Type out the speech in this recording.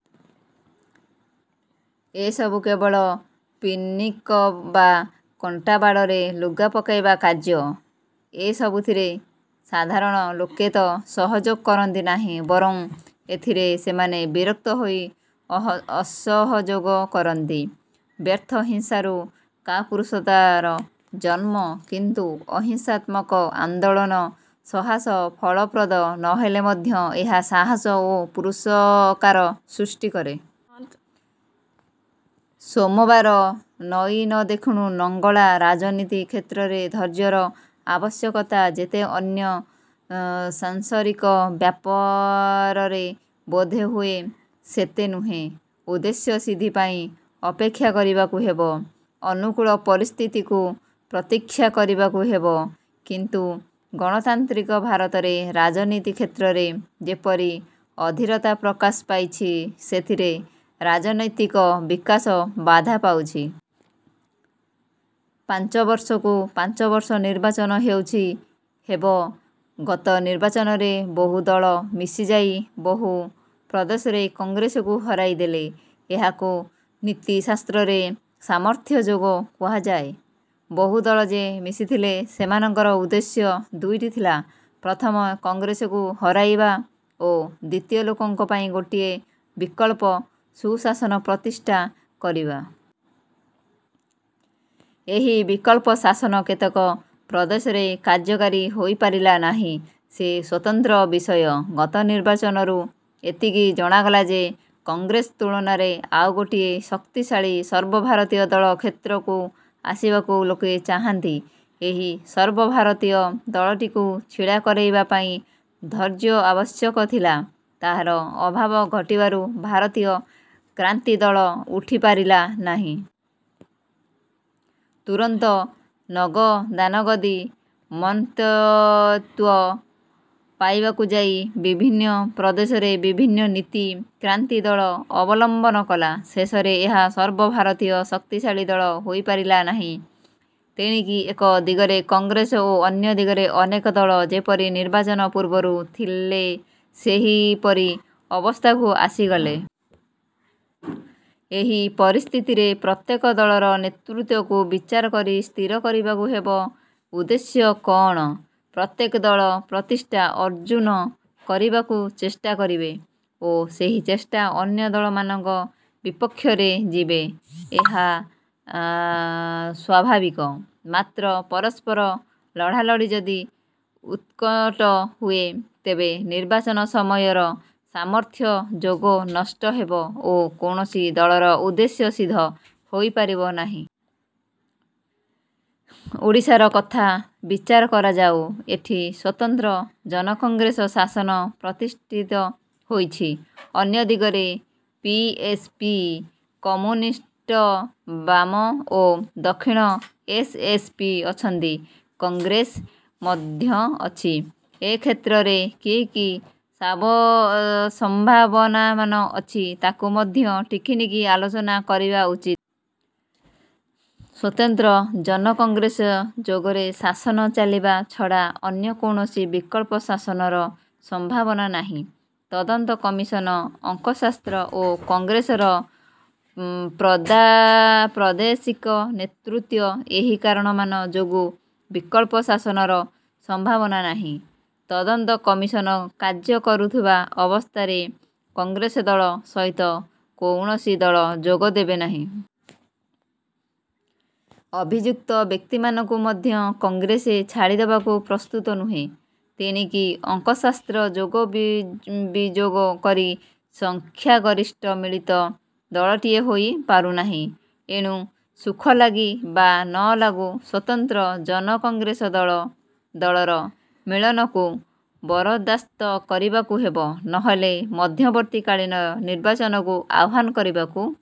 ଏସବୁ କେବଳ ପିନ୍ପ୍ରିକ୍ ବା କଣ୍ଟା ବାଡ଼ରେ ଲୁଗାପକାଇବା କାର୍ଯ୍ୟ। ଏସବୁଥିରେ ସାଧାରଣ ଲୋକେ ତ ସହଯୋଗ କରନ୍ତି ନାହିଁ ବରଂ ଏଥିରେ ସେମାନେ ବିରକ୍ତ ହୋଇ ଅସହଯୋଗ କରନ୍ତି। ବ୍ୟର୍ଥ ହିଂସାରୁ କାପୁରୁଷତାର ଜନ୍ମ। କିନ୍ତୁ ଅହିଂସାତ୍ମକ ଆନ୍ଦୋଳନ ସହସା ଫଳପ୍ରଦ ନହେଲେ ମଧ୍ୟ ଏହା ସାହସ ଓ ପୁରୁଷକାର ସୃଷ୍ଟି କରେ। ସୋମବାର ନଇ ନ ଦେଖୁଣୁ ଲଙ୍ଗଳା ରାଜନୀତି କ୍ଷେତ୍ରରେ ଧୈର୍ଯ୍ୟର ଆବଶ୍ୟକତା ଯେତେ ଅନ୍ୟ ସାଂସରିକ ବ୍ୟାପାରରେ ବୋଧହୁଏ ସେତେ ନୁହେଁ। ଉଦ୍ଦେଶ୍ୟ ସିଦ୍ଧିପାଇଁ ଅପେକ୍ଷା କରିବାକୁ ହେବ। ଅନୁକୂଳ ପରିସ୍ଥିତିକୁ ପ୍ରତୀକ୍ଷା କରିବାକୁ ହେବ। କିନ୍ତୁ ଗଣତାନ୍ତ୍ରିକ ଭାରତରେ ରାଜନୀତି କ୍ଷେତ୍ରରେ ଯେପରି ଅଧୀରତା ପ୍ରକାଶ ପାଉଛି ସେଥିରେ ରାଜନୈତିକ ବିକାଶ ବାଧା ପାଉଛି। ପାଞ୍ଚବର୍ଷକୁ ପାଞ୍ଚବର୍ଷ ନିର୍ବାଚନ ହେଉଛି, ହେବ। ଗତ ନିର୍ବାଚନରେ ବହୁ ଦଳ ମିଶିଯାଇ ବହୁ ପ୍ରଦେଶରେ କଂଗ୍ରେସକୁ ହରେଇ ଦେଲେ। ଏହାକୁ ନୀତି ଶାସ୍ତ୍ରରେ 'ସାମର୍ଥ୍ୟ' ଯୋଗ କୁହାଯାଏ। ବହୁ ଦଳ ଯେ ମିଶିଥିଲେ ସେମାନଙ୍କ ଉଦ୍ଦେଶ୍ୟ ଦୁଇଟି ଥିଲା- ପ୍ରଥମେ କଂଗ୍ରେସକୁ ହରେଇବା ଓ ଦ୍ୱିତୀୟ ଲୋକଙ୍କ ପାଇଁ ଗୋଟିଏ ବିକଳ୍ପ ସୁଶାସନ ପ୍ରତିଷ୍ଠା କରିବା। ଏହି ବିକଳ୍ପ ଶାସନ କେତେକ ପ୍ରଦେଶରେ କାର୍ଯ୍ୟକାରୀ ହୋଇପାରିଲା ନାହିଁ। ସେ ସ୍ୱତନ୍ତ୍ର ବିଷୟ। ଗତ ନିର୍ବାଚନରୁ ଏତିକି ଜଣାଗଲା ଯେ କଂଗ୍ରେସ ତୁଳନାରେ ଆଉ ଗୋଟିଏ ଶକ୍ତିଶାଳୀ ସର୍ବଭାରତୀୟ ଦଳ କ୍ଷେତ୍ରକୁ ଆସିବାକୁ ଲୋକେ ଚାହାନ୍ତି। ଏହି ସର୍ବଭାରତୀୟ ଦଳଟିକୁ ଛିଡ଼ା କରାଇବା ପାଇଁ ଧୈର୍ଯ୍ୟ ଆବଶ୍ୟକ ଥିଲା ତାହାର ଅଭାବ ଘଟିବାରୁ ଭାରତୀୟ କ୍ରାନ୍ତିଦଳ ଉଠିପାରିଲା ନାହିଁ। ତୁରନ୍ତ ନଗଦାନଗଦି ମନ୍ତ୍ରୀତ୍ୱ ପାଇବାକୁ ଯାଇ ବିଭିନ୍ନ ପ୍ରଦେଶରେ ବିଭିନ୍ନ ନୀତି କ୍ରାନ୍ତିଦଳ ଅବଲମ୍ବନ କଲା- ଶେଷରେ ଏହା ସର୍ବଭାରତୀୟ ଶକ୍ତିଶାଳୀ ଦଳ ହୋଇପାରିଲା ନାହିଁ। ତେଣିକି ଏକ ଦିଗରେ କଂଗ୍ରେସ ଓ ଅନ୍ୟ ଦିଗରେ ଅନେକ ଦଳ ଯେପରି ନିର୍ବାଚନ ପୂର୍ବରୁ ଥିଲେ ସେହିପରି ଅବସ୍ଥାକୁ ଆସିଗଲେ। ଏହି ପରିସ୍ଥିତିରେ ପ୍ରତ୍ୟେକ ଦଳର ନେତୃତ୍ୱକୁ ବିଚାର କରି ସ୍ଥିର କରିବାକୁ ହେବ ଉଦ୍ଦେଶ୍ୟ କଅଣ? ପ୍ରତ୍ୟେକ ଦଳ ପ୍ରତିଷ୍ଠା ଅର୍ଜ୍ଜନ କରିବାକୁ ଚେଷ୍ଟା କରିବେ ଓ ସେହି ଚେଷ୍ଟା ଅନ୍ୟ ଦଳମାନଙ୍କ ବିପକ୍ଷରେ ଯିବ ଏହା ସ୍ୱାଭାବିକ। ମାତ୍ର ପରସ୍ପର ଲଢ଼ାଲଢ଼ି ଯଦି ଉତ୍କଟ ହୁଏ ତେବେ ନିର୍ବାଚନ ସମୟର 'ସାମର୍ଥ୍ୟ' ଯୋଗ ନଷ୍ଟ ହେବ ଓ କୌଣସି ଦଳର ଉଦ୍ଦେଶ୍ୟ ସିଦ୍ଧ ହୋଇପାରିବ ନାହିଁ। ଓଡ଼ିଶାର କଥା ବିଚାର କରାଯାଉ। ଏଠି ସ୍ୱତନ୍ତ୍ର-ଜନକଂଗ୍ରେସ ଶାସନ ପ୍ରତିଷ୍ଠିତ ହୋଇଛି। ଅନ୍ୟ ଦିଗରେ ପି:ଏସ୍:ପି, କମ୍ୟୁନିଷ୍ଟ ବାମ ଓ ଦକ୍ଷିଣ ଏସ୍:ଏସ୍:ପି ଅଛନ୍ତି, କଂଗ୍ରେସ ମଧ୍ୟ ଅଛି। ଏ କ୍ଷେତ୍ରରେ କି କି ସମ୍ଭାବନାମାନ ଅଛି ତାକୁ ମଧ୍ୟ ଟିକିନିଖି ଆଲୋଚନା କରିବା ଉଚିତ। ସ୍ୱତନ୍ତ୍ର ଜନକଂଗ୍ରେସ ଯୋଗରେ ଶାସନ ଚାଲିବା ଛଡ଼ା ଅନ୍ୟ କୌଣସି ବିକଳ୍ପ ଶାସନର ସମ୍ଭାବନା ନାହିଁ। ତଦନ୍ତ କମିଶନ, ଅଙ୍କଶାସ୍ତ୍ର ଓ କଂଗ୍ରେସର ପ୍ରାଦେଶିକ ନେତୃତ୍ୱ ଏହି କାରଣମାନ ଯୋଗୁଁ ବିକଳ୍ପ ଶାସନର ସମ୍ଭାବନା ନାହିଁ। ତଦନ୍ତ କମିଶନ କାର୍ଯ୍ୟ କରୁଥିବା ଅବସ୍ଥାରେ କଂଗ୍ରେସ ଦଳ ସହିତ କୌଣସି ଦଳ ଯୋଗ ଦେବେନାହିଁ। ଅଭିଯୁକ୍ତ ବ୍ୟକ୍ତିମାନଙ୍କୁ ମଧ୍ୟ କଂଗ୍ରେସ ଛାଡ଼ିଦେବାକୁ ପ୍ରସ୍ତୁତ ନୁହେଁ। ତେଣିକି ଅଙ୍କଶାସ୍ତ୍ର ଯୋଗ ବିଯୋଗ କରି ସଂଖ୍ୟାଗରିଷ୍ଠ ମିଳିତ ଦଳଟିଏ ହୋଇ ପାରୁନାହିଁ। ଏଣୁ ସୁଖଲାଗୁ ବା ନଲାଗୁ ସ୍ୱତନ୍ତ୍ର ଜନକଂଗ୍ରେସ ଦଳର ମିଳନକୁ ବରଦାସ୍ତ କରିବାକୁ ହେବ। ନହେଲେ ମଧ୍ୟବର୍ତ୍ତୀକାଳୀନ ନିର୍ବାଚନକୁ ଆହ୍ୱାନ କରିବାକୁ